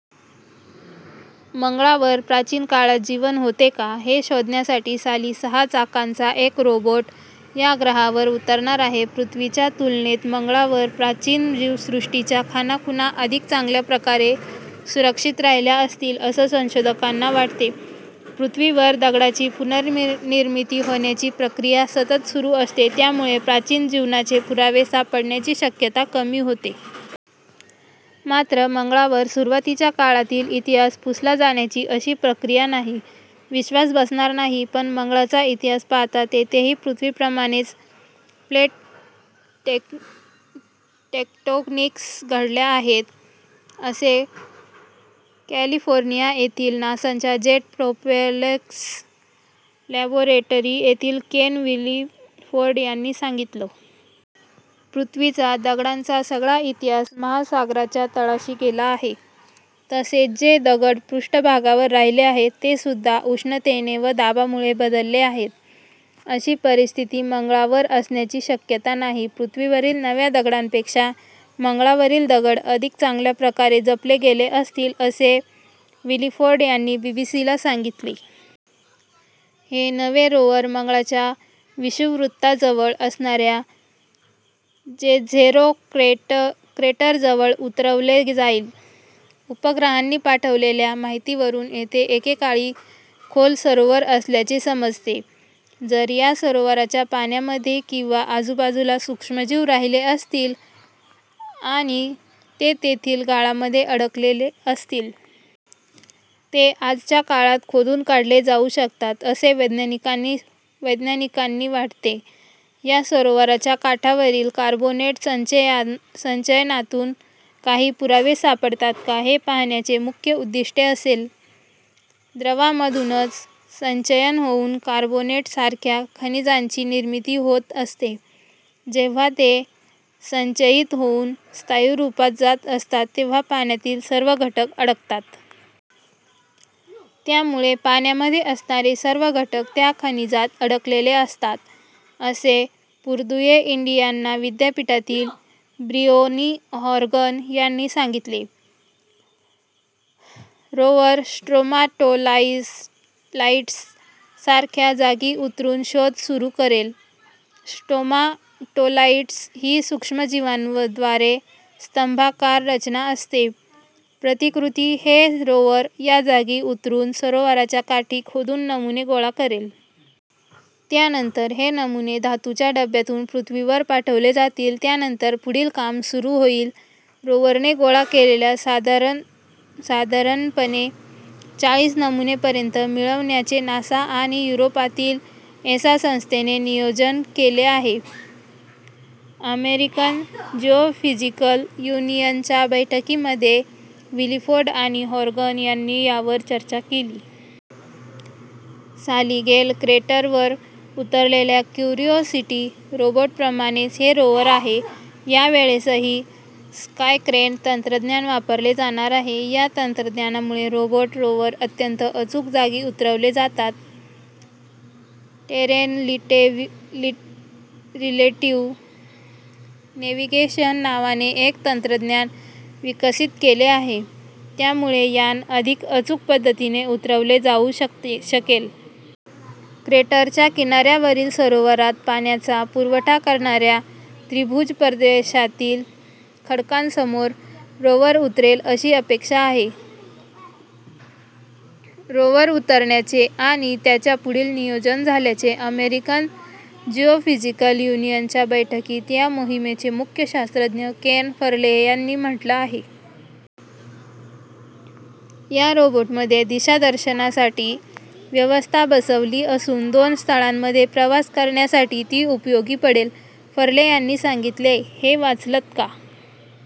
मंगळावर प्राचीन काळात जीवन होते का? हे शोधण्यासाठी साली सहा चाकांचा एक रोबोट या ग्रहावर उतरणार आहे. पृथ्वीच्या तुलनेत मंगळावर प्राचीन जीवसृष्टीच्या खाणाखुणा अधिक चांगल्या प्रकारे सुरक्षित राहिल्या असतील, असं संशोधकांना वाटते. पृथ्वीवर दगडांची पुननिर्मिती होण्याची प्रक्रिया सतत सुरू असते त्यामुळे प्राचीन जीवनाचे पुरावे सापडण्याची शक्यता कमी होते. मात्र मंगळावर सुरुवातीच्या काळातील इतिहास पुसला जाण्याची अशी प्रक्रिया नाही. विश्वास बसणार नाही पण मंगळाचा इतिहास पाहता तेथेही पृथ्वीप्रमाणेच प्लेट टेक्टोनिक्स घडल्या आहेत, असे कॅलिफोर्निया येथिल नासाच्या जेट प्रोपल्शन लॅबोरेटरी येथील केन विलिफोर्ड यांनी सांगितलं. पृथ्वीचा दगडांचा सगळा इतिहास महासागराच्या तळाशी गेला आहे. तसेच जे दगड भूपृष्ठावर राहिले आहेत तेसुद्धा उष्णतेने व दाबामुळे बदलले आहेत. अशी परिस्थिती मंगळवार असण्याची शक्यता नाही. पृथ्वीवरील नव्या दगडांपेक्षा मंगळावरील दगड अधिक चांगल्या प्रकारे जपले गेले असतील, असे विलिफोर्ड यांनी बीबीसीला सांगितले. हे नवे रोवर मंगळाच्या विषुववृत्ताजवळ असणाऱ्या जेझेरो क्रेटरजवळ उतरवले जाईल. उपग्रहांनी पाठवलेल्या माहितीवरून येथे एकेकाळी खोल सरोवर असल्याचे समजते. जर या सरोवराच्या पाण्यामध्ये किंवा आजूबाजूला सूक्ष्मजीव राहिले असतील आणि ते तेथिल गाळामध्ये अडकले असतील. ते आजच्या काळात खोदून काढले जाऊ शकतात, असे वैज्ञानिकांनी वाटते. या सरोवराच्या काठावरील कार्बोनेट संचयनातून काही पुरावे सापडतात का हे पाहण्याचे मुख्य उद्दिष्ट असेल. द्रवामधून संचय होऊन कार्बोनेटसारख्या खनिजांची निर्मिती होत असते. जेव्हा ते संचयित होऊन स्थायूरुपात जात असतात तेव्हा पाण्यातील सर्व घटक अडकतात. त्यामुळे पाण्यामध्ये असणारे सर्व घटक त्या खनिजात अडकलेले असतात असे पुर्दुए इंडियाना विद्यापीठातील ब्रिओनी हॉर्गन यांनी सांगितले. रोव्हर स्ट्रोमाटोलाइटस सारख्या जागी उतरून शोध सुरू करेल. स्ट्रोमाटोलाइटस ही सूक्ष्मजींवाद्वारे स्तंभाकार रचना असते. प्रतिकृती हे रोवर या जागी उतरून सरोवराच्या काठावर खोदून नमुने गोळा करेल. त्यानंतर हे नमुने धातूच्या डब्यातून पृथ्वीवर पाठवले जातील त्यानंतर पुढील काम सुरु होईल. रोवरने गोळा केलेले साधारणपणे चाळीस नमुने पर्यंत मिळवण्याचे नासा आणि युरोपातील एसा संस्थेने नियोजन केले आहे. अमेरिकन जिओफिजिकल युनियनच्या बैठकीमध्ये विलिफोर्ड आणि होर्गन यांनी यावर चर्चा केली. साली गेल क्रेटरवर उतरलेल्या क्युरिओसिटी रोबोटप्रमाणेच हे रोवर आहे यावेळेसही स्कायक्रेन तंत्रज्ञान वापरले जाणार आहे. या तंत्रज्ञानामुळे रोबोट, रोवर अत्यंत अचूक जागी उतरवले जातात. टेरेन रिलेटिव्ह नेविगेशन नावाने एक तंत्रज्ञान विकसित केले आहे, त्यामुळे यान अधिक अचूक पद्धतीने उतरवले जाऊ शकेल. क्रेटरच्या किनाऱ्यावरील सरोवरात पाण्याचा पुरवठा करणाऱ्या त्रिभूज प्रदेशातील खडकांसमोर रोव्हर उतरेल अशी अपेक्षा आहे. रोव्हर उतरण्याचे आणि त्याचा पुढील नियोजन झाल्याचे अमेरिकन जिओफिजिकल युनियनच्या बैठकीत या मोहिमेचे मुख्य शास्त्रज्ञ केन फर्ले यांनी म्हटलं आहे. या रोबोटमध्ये दिशादर्शनासाठी व्यवस्था बसवली असून दोन स्थळांमध्ये प्रवास करण्यासाठी ती उपयोगी पडेल. फर्ले यांनी सांगितले. हे वाचलंत का?